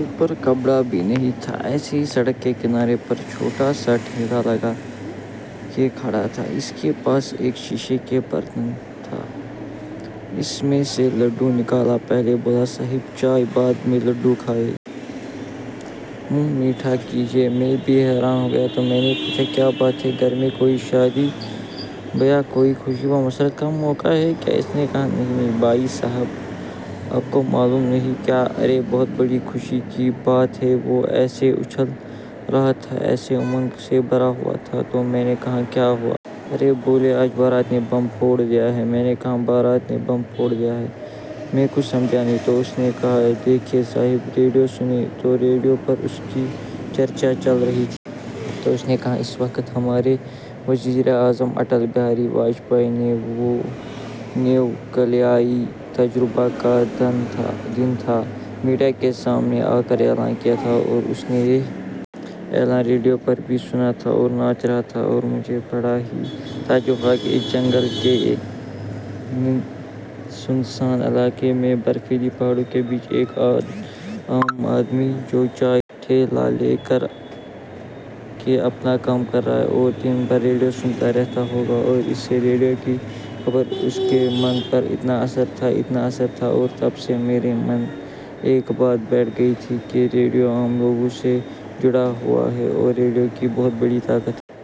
اوپر کپڑابھی نہیں تھا ایسے ہی سڑک کے کنارے پر چھوٹا سا ٹھیلہ لگا کے کھڑا تھا۔ اس کے پاس ایک شیشے کے برتن تھا، اس میں سے لڈو نکالا، پہلے بولا صاحب، چائے بعد میں، لڈو کھایئے۔ منھ میٹھا کیجئے۔ میں بھی حیران ہوگیا تو میں نے پوچھا کیا بات ہے گھر میں کوئی شادی-بیاہ کوئی خوشی ومسرت کا موقع ہے کیا! اس نے کہا نہیں نہیں بھائی صاحب، آپ کو معلوم نہیں کیا؟ ارے بہت بڑی خوشی کی بات ہے وہ ایسے اچھل رہا تھا، ایسے امنگ سے بھرا ہوا تھا، تو میں نے کہا کیا ہوا! ارے بولے آج بھارت نے بم پھوڑ دیا ہے۔ میں نے کہا بھارت نے بم پھوڑ دیا ہے! میں کچھ سمجھا نہیں! تو اس نے کہا، دیکھئے صاحب ، ریڈیو سنئے۔ تو ریڈیو پر اسی کی چرچا چل رہی تھی۔ تو اس نے کہا اس وقت ہمارے وزیر اعظم اٹل بہاری واجپئی نے – وہ نیو کلیائی تجربہ کا دن تھا اور میڈیا کے سامنے آکر اعلان کیا تھا اور اس نے یہ اعلان ریڈیو پر بھی سنا تھا اور ناچ رہا تھا اور مجھے بڑا ہی تعجب ہوا کہ اس جنگل کے سنسان علاقے میں، برفیلی پہاڑیوں کے بیچ، ایک عام آدمی جو چائے کا ٹھیلہ لے کر کے اپنا کام کر رہا ہے اور دن بھر ریڈیو سنتا رہتا ہوگا اور اس ریڈیو کی خبر کا اس کے من پر اتنا اثر تھا، اتنا اثر تھا اور تب سے میرے من میں ایک بات بیٹھ گئی تھی کہ ریڈیو عام لوگوں سے جڑا ہوا ہے اور ریڈیو کی بہت بڑی طاقت ہے۔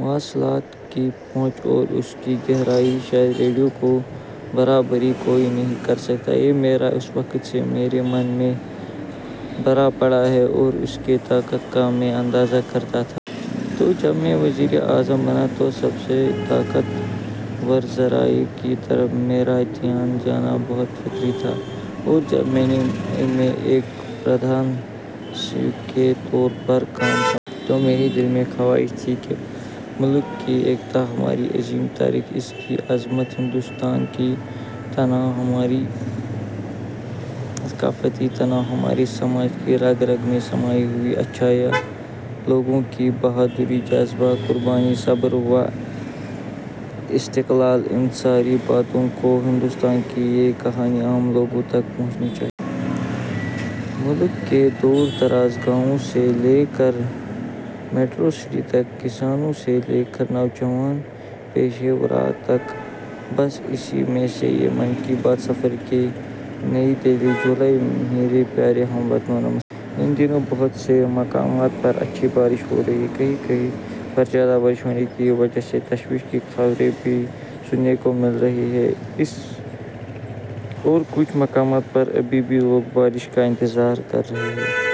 مواصلات کی پہنچ اور اس کی گہرائی، شاید ریڈیو کی برابری کوئی نہیں کرسکتا یہ میرا اس وقت سے میرے من میں بھرا پڑا ہے اور اس کی طاقت کا میں اندازہ کرتا تھا۔ تو جب میں وزیر اعظم بنا تو سب سے طاقت ور ذرائع کی طرف میرا دھیان جانا بہت فطری تھا۔ اور جب میں نے مئی میں ایک 'پردھان-سیوک' کے طور پر کام سنبھالا تو میرے دل میں خواہش تھی کہ ملک کی ایکتا، ہماری عظیم تاریخ، اس کی عظمت ، ہندوستان کی تنوع، ہماری ثقافتی تنوع، ہمارے سماج کی رگ رگ میں سمائی ہوئی اچھائیاں، لوگوں کی بہادری ،جذبہ، قربانی ،صبر واستقلال ان ساری باتوں کو، ہندوستان کی یہ کہانی عام لوگوں تک پہنچنی چاہئے۔ ملک کے دور دراز گاؤوں سے لے کر میٹرو سٹی تک، کسانوں سے لے کر نوجوان پیشہ وروں تک اور بس اسی میں سے یہ 'من کی بات' کے سفر کی. نئیدہلی۔ جولائی ؛ میرے پیارے ہم وطنوں، نمسکار۔ ان دنوں بہت سے مقامات پر اچھی بارش ہو رہی ہے۔ کہیں کہیں پر زیادہ بارش ہونے کی وجہ سے تشویش کی خبریں بھی سننے کو مل رہی ہیں اور کچھ مقامات پر ابھی بھی لوگ بارش کا انتظار کر رہے ہیں۔